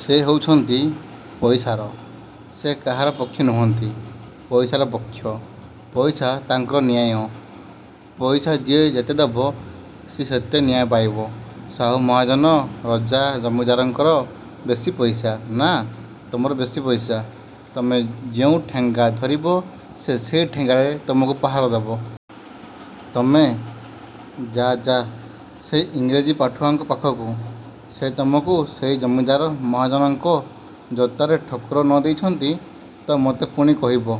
ସେ ହଉଚନ୍ତି ପଇସାର। ସେ କାହାର ପକ୍ଷ ନୁହନ୍ତି–ପଇସାର ପକ୍ଷ। ପଇସା ତାଙ୍କର ନ୍ୟାୟ। ପଇସା ଯିଏ ଯେତେଦବ ସିଏ ସେତେ ନ୍ୟାୟ ପାଇବ। ସାହୁ ମହାଜନ, ରଜା ଜମିଦାରଙ୍କର ବେଶି ପଇସା–ନା ତମର ବେଶି ପଇସା? ତମେ ଯେଉଁ ଠେଙ୍ଗା ଧରିବ ସେ ସେଇ ଠେଙ୍ଗାରେ ତମକୁ ପାହାର ଦେବେ। ତମେ। ଯା–ଯା ସେଇ ଇଂରେଜୀ ପାଠୁଆଙ୍କ ପାଖକୁ। ସେ ତମକୁ ସେଇ ଜମିଦାର ମହାଜନଙ୍କ ଜୋତାରେ ଠୋକର ନ ଦେଇଚନ୍ତି ତ ମୋତେ ପୁଣି କହିବ।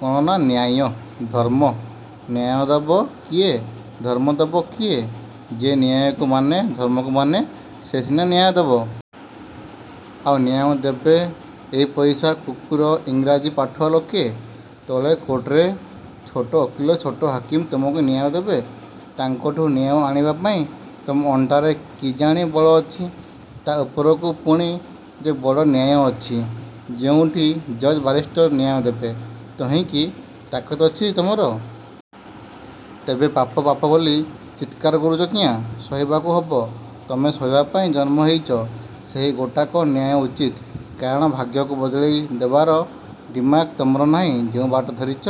କ'ଣ ନା–ନ୍ୟାୟ, ଧର୍ମ। ନ୍ୟାୟ ଦବ କିଏ? ଧର୍ମ ଦବ କିଏ? ଯେ ନ୍ୟାୟକୁ ମାନେ, ଧର୍ମକୁ ମାନେ, ସେ ସିନା ନ୍ୟାୟ ଦବ। ଆଉ ନ୍ୟାୟ ଦେବେ ଏଇ ପଇସା କୁକୁର ଇଂରାଜୀ ପାଠୁଆ ଲୋକେ? ତଳ କୋଟ୍ରେ ଛୋଟ ଓକିଲ ଛୋଟ ହାକିମ ତମକୁ ନ୍ୟାୟ ଦେବେ। ତାଙ୍କଠୁ ନ୍ୟାୟ ଆଣିବାପାଇଁ ତମ ଅଣ୍ଟାରେ କିଜାଣି ବଳ ଅଛି। ତା' ଉପରକୁ ପୁଣି ଯେ ବଡ଼ ନ୍ୟାୟ ଅଛି ଯେଉଁଠି ଜଜ୍ ବାରିଷ୍ଟର ନ୍ୟାୟ ଦେବେ–ତହିଁକି ତାକତ ଅଛି ତମର? ତେବେ ପାପ ପାପ ବୋଲି ଚିତ୍କାର କରୁଚ କିଆଁ? ସହିବାକୁ ହବ। ତମେ ସହିବାପାଇଁ ଜନ୍ମ ହେଇଚ। ସେଇ ଗୋଟାକ ନ୍ୟାୟ–ଉଚିତ। କାରଣ ଭାଗ୍ୟକୁ ବଦଳେଇ ଦେବାର ଦିମାକ ତମର ନାହିଁ। ଯେଉଁ ବାଟ ଧରିଚ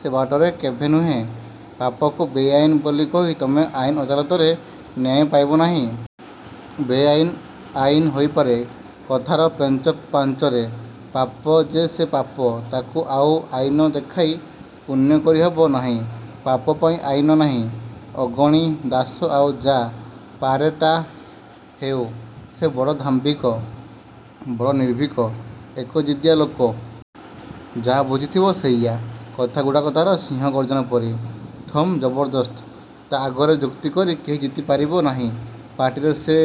ସେ ବାଟରେ କେଭେ ନୁହେଁ। ପାପକୁ ବେଆଇନ୍ ବୋଲି କହି ତମେ ଆଇନ ଅଦାଲତରେ ନ୍ୟାୟ ପାଇବ ନାହିଁ। ବେଆଇନ୍ ଆଇନ ହୋଇପାରେ କଥାର ପେଞ୍ଚ ପାଞ୍ଚରେ–ପାପ ଯେ ସେ ପାପ। ତାକୁ ଆଉ ଆଇନ ଦେଖାଇ ପୁଣ୍ୟ କରି ହେବ ନାହିଁ। ପାପପାଇଁ ଆଇନ ନାହିଁ। '' ଅଗଣି ଦାଶ ଆଉ ଯା' ପାରେ ତା' ହେଉ–ସେ ବଡ଼ ଦାମ୍ଭିକ–ବଡ଼ ନିର୍ଭୀକ। ଏକଜିଦିଆ ଲୋକ। ଯାହା ବୁଝିଥିବ ସେଇୟା। କଥାଗୁଡ଼ାକ ତା'ର ସିଂହ ଗର୍ଜନ ପରି ଠୋମ୍–ଜବରଦସ୍ତ। ତା' ଆଗରେ ଯୁକ୍ତି କରି କେହି ଜିତି ପାରିବ ନାହିଁ। ପାଟିରେ ସେ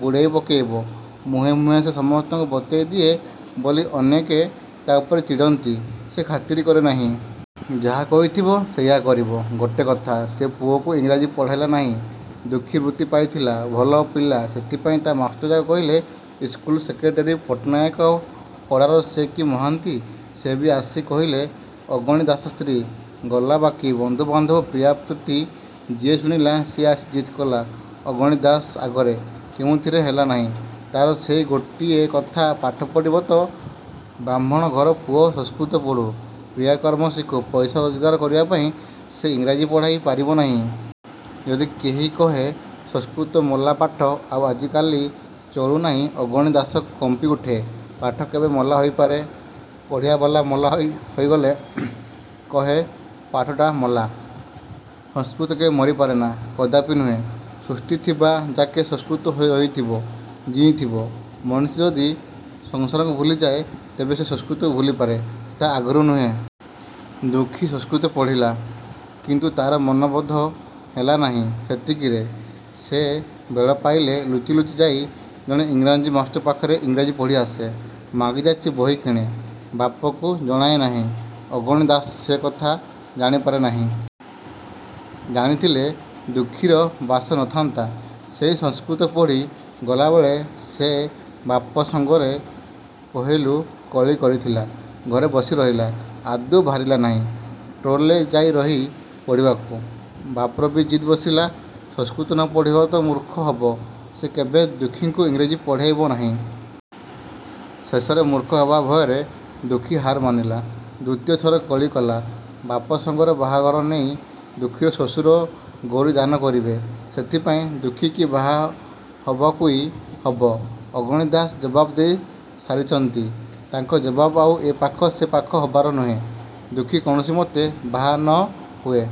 ବୁଡ଼େଇ ପକାଇବ-। ମୁହେଁ ମୁହେଁ ସେ ସମସ୍ତଙ୍କୁ ବତେଇ ଦିଏ ବୋଲି ଅନେକେ ତା' ଉପରେ ଚିଡ଼ନ୍ତି। ସେ ଖାତିର କରେ ନାହିଁ। ଯାହା କହିଥିବ ସେଇୟା କରିବ। ଗୋଟେ କଥା। ସେ ପୁଅକୁ ଇଂରାଜୀ ପଢ଼ାଇଲା ନାହିଁ। ଦୁଃଖୀ ବୃତ୍ତି ପାଇଥିଲା–ଭଲ ପିଲା–ସେଥିପାଇଁ ତା' ମାଷ୍ଟରଯାକ କହିଲେ, ଇସ୍କୁଲ ସେକ୍ରେଟେରୀ ପଟ୍ଟନାହାକ ପଡ଼ାର ସେ କି ମହାନ୍ତି, ସେ ବି ଆସି କହିଲେ, ଅଗଣି ଦାଶ ସ୍ତ୍ରୀ, ଗଲା ବାକି ବନ୍ଧୁବାନ୍ଧବ ପ୍ରିୟାପ୍ରୀତି ଯିଏ ଶୁଣିଲା ସିଏ ଆସି ଜିଦ୍ କଲା ଅଗଣି ଦାଶ ଆଗରେ–କେଉଁଥିରେ ହେଲା ନାହିଁ, ତା'ର ସେଇ ଗୋଟିଏ କଥା ପାଠ ପଢ଼ିବ ତ ବାହ୍ମଣ ଘର ପୁଅ ସଂସ୍କୃତ ପଢ଼ୁ–କ୍ରିୟାକର୍ମ ଶିଖୁ–ପଇସା ରୋଜଗାର କରିବାପାଇଁ ସେ ଇଂରେଜୀ ପଢ଼ାଇ ପାରିବ ନାହିଁ। ଯଦି କେହି କହେ–'ସଂସ୍କୃତ ମଲା ପାଠ–ଆଉ ଆଜିକାଲି ଚଳୁ ନାହିଁ' ଅଗଣି ଦାଶ କମ୍ପି ଉଠେ–ପାଠ କେବେ ମଲା ହୋଇପାରେ–ପଢ଼ିବାବାଲା ମଲା ହୋଇଗଲେ କହେ ପାଠଟା ମଲା। ସଂସ୍କୃତ କେବେ ମରି ପାରେନା–କଦାପି ନୁହେଁ। ସୃଷ୍ଟିଥିବା ଯାକେ ସଂସ୍କୃତ ହେଇ ରହିଥିବ–ଜିଇଥିବ। ମଣିଷ ଯଦି ସଂସ୍କାରକୁ ଭୁଲି ଯାଏଁ, ତେବେ ସେ ସଂସ୍କୃତକୁ ଭୁଲିପାରେ–ତା' ଆଗରୁ ନୁହେଁ। ଦୁଃଖୀ ସଂସ୍କୃତ ପଢ଼ିଲା। କିନ୍ତୁ ତା'ର ମନବୋଧ ହେଲା ନାହିଁ ସେତିକିରେ। ସେ ବେଳପାଇଲେ ଲୁଚି ଲୁଚି ଯାଇ ଜଣେ ଇଂରାଜୀ ମାଷ୍ଟର ପାଖରେ ଇଂରାଜୀ ପଢ଼ି ଆସେ। ମାଗି ଯାଚି ବହି କିଣେ। ବାପକୁ ଜଣାଏ ନାହିଁ। ଅଗଣି ଦାଶ ସେ କଥା ଜାଣିପାରେ ନାହିଁ। ଜାଣିଥିଲେ ଦୁଃଖୀର ବାସ ନ ଥାନ୍ତା। ସେଇ ସଂସ୍କୃତ ପଢ଼ି ଗଲାବେଳେ ସେ ବାପ ସଙ୍ଗରେ ପହିଲୁ କଳି କରିଥିଲା। ଘରେ ବସି ରହିଲା। ଆଦୌ ବାହାରିଲା ନାହିଁ–ଟୋଲ୍ରେ ଯାଇ ରହି ପଢ଼ିବାକୁ। ବାପରବି ଜିଦ୍ ବସିଲା–ସଂସ୍କୃତ ନ ପଢ଼ିବ ତ ମୂର୍ଖ ହବ–ସେ କେଭେ ଦୁଃଖୀକୁ ଇଂରେଜୀ ପଢ଼େଇବ ନାହିଁ। ଶେଷରେ ମୂର୍ଖ ହେବା ଭୟରେ ଦୁଃଖୀ ହାର ମାନିଲା। ଦ୍ୱିତୀୟ ଥର କଳିକଲା ବାପ ସଙ୍ଗରେ ବାହାଘର ନେଇ। ଦୁଃଖୀର ଶ୍ୱଶୁର ଗୌରୀ ଦାନ କରିବେ। ସେଥିପାଇଁ ଦୁଃଖୀକି ବାହା ହବାକୁଇ ହବ। ଅଗଣି ଦାଶ ଜବାବ ଦେଇ ସାରିଚନ୍ତି-। ତାଙ୍କ ଜବାବ ଆଉ ଏ ପାଖ ସେ ପାଖ ହବାର ନୁହେଁ। ଦୁଃଖୀ କୌଣସିମତେ ବାହା ନ ହୁଏ-।